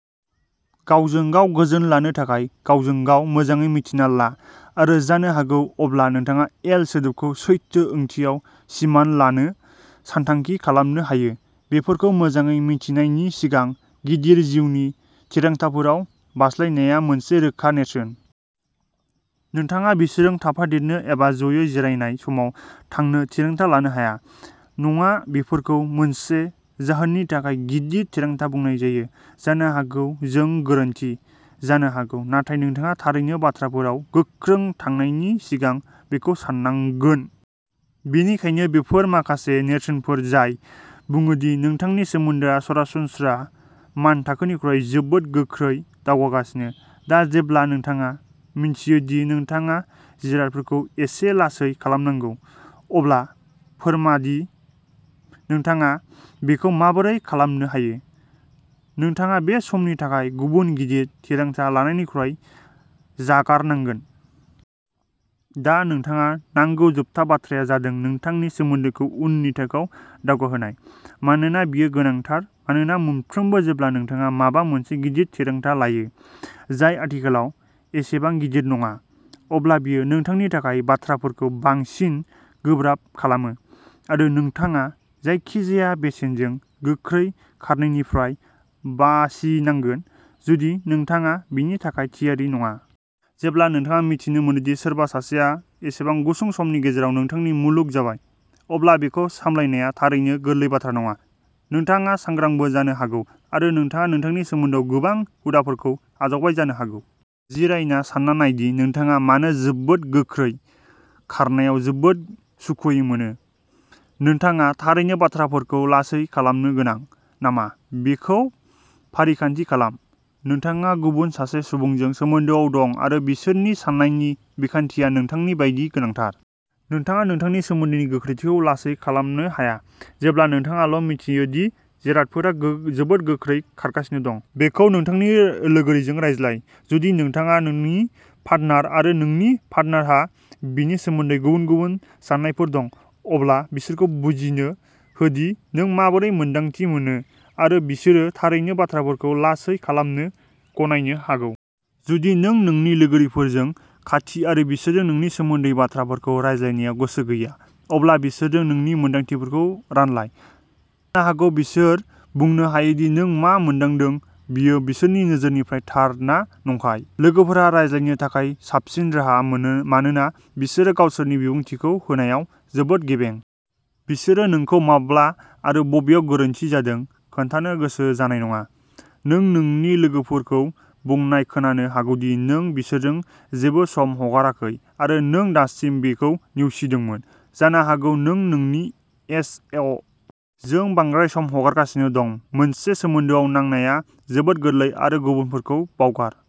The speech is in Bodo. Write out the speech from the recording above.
गावजों गाव गोजोन लानो थाखाय, गावजों-गाव मोजाङै मिन्थिना ला आरो जानो हागौ अब्ला नोंथाङा एल सोदोबखौ सैथो ओंथियाव सिमान लानो सानथांखि खालामनो हायो। बेफोरखौ मोजाङै मिथिनायनि सिगां गिदिर जिउनि थिरांथाफोराव बारस्लायनाया मोनसे रोखा नेरसोन। नोंथाङा बिसोरजों थाफादेरनो एबा जयै जिरायनाय समाव थांनो थिरांथा लानो हाया। नङा, बेफोरखौ मोनसे जाहोननि थाखाय गिदिर थिरांथा बुंनाय जायो। जानो हागौ जों गोरोन्थि जानो हागौ नाथाय नोंथाङा थारैनो बाथ्राफोराव गोख्रों थांनायनि सिगां बेखौ साननांगोन। बेनिखायनो बेफोर माखासे नेरसोनफोर जाय बुङोदि नोंथांनि सोमोन्दोआ सरासनस्रा मानथाखोनिख्रुइ जोबोद गोख्रै दावगागासिनो। दा जेब्ला नोंथाङा मिन्थियो दि नोंथाङा जिरादफोरखौ एसे लासै खालामनांगौ, अब्ला फोरमादि नोंथाङा बेखौ माबोरै खालामनो हायो। नोंथाङा बे समनि थाखाय गुबुन गिदिर थिरांथा लानायनिफ्राय जागारनांगोन। दा नोंथाङा नांगौ जोबथा बाथ्राया जादों नोंथांनि सोमोन्दोखौ उननि थाखोआव दावगाहोनाय। मानोना बेयो गोनांथार मानोना मोनफ्रोमबो जेब्ला नोंथाङा माबा मोनसे गिदिर थिरांथा लायो, जाय आथिखालाव एसेबां गिदिर नङा, अब्ला बेयो नोंथांनि थाखाय बाथ्राफोरखौ बांसिन गोब्राब खालामो आरो नोंथाङा जायखिजाया बेसेनजों गोख्रै खारनायनिफ्राय बासिनांगोन, जुदि नोंथाङा बेनि थाखाय थियारि नङा। जेब्ला नोंथाङा मिथिनो मोनोदि सोरबा सासेआ एसेबां गुसुं समनि गेजेराव नोंथांनि मुलुग जाबाय, अब्ला बेखौ सामलायनाया थारैनो गोरलै बाथ्रा नङा। नोंथाङा सांग्रांबो जानो हागौ आरो नोंथाङा नोंथांनि सोमोन्दोआव गोबां हुदाफोरखौ आजावबाय जानो हागौ। जिरायना सानना नायदि नोंथाङा मानो जोबोद गोख्रै खारनायाव जोबोद सुखुयै मोनो, नोंथाङा थारैनो बाथ्राफोरखौ लासै खालामनो गोनां नामा बेखौ फारिखान्थि खालाम। नोंथाङा गुबुन सासे सुबुंजों सोमोन्दोआव दं आरो बिसोरनि साननायनि बिखान्थिया नोंथांनि बायदि गोनांथार। नोंथाङा नोंथांनि सोमोन्दोनि गोख्रैथिखौ लासै खालामनो हाया, जेब्ला नोंथाङाल' मिथियो दि जिरादफोरा जोबोद गोख्रै खारगासिनो दं। बेखौ नोंथांनि लोगोरिजों रायज्लाय। जुदि नोंथाङा नोंनि पार्टनार आरो नोंनि पार्टनारहा बेनि सोमोन्दै गुबुन गुबुन साननायफोर दं, अब्ला बिसोरखौ बुजिनो होदि नों माबोरै मोन्दांथि मोनो आरो बिसोरो थारैनो बाथ्राफोरखौ लासै खालामनो गनायनो हागौ। जुदि नों नोंनि लोगोफोरजों खाथि आरो बिसोरजों नोंनि सोमोन्दोनि बाथ्राफोरखौ रानलायनायाव गोसो गैया, अब्ला बिसोरजों नोंनि मोन्दांथिफोरखौ रानलाय। जानो हागौ बिसोर बुंनो हायोदि नों मा मोनदांदों बेयो बिसोरनि नोजोरनिफ्राय थार ना नंखाय। लोगोफोरा रायज्लायनो थाखाय साबसिन राहा मोनो मानोना बिसोरो गावसोरनि बिबुंथिखौ होनायाव जोबोद गेबें। बिसोरो नोंखौ माब्ला आरो बबेयाव गोरोन्थि जादों खोन्थानो गोसो जानाय नङा। नों नोंनि लोगोफोरखौ बुंनाय खोनानो हागौदि नों बिसोरजों जेबो सम हगाराखै आरो नों दासिम बेखौ नेवसिदोंमोन। जानो हागौ नों नोंनि एस. अ. जों बांद्राय सम हगारगासिनो दं। मोनसे सोमोन्दोआव नांनाया जोबोद गोरलै आरो गुबुनफोरखौ बावगार।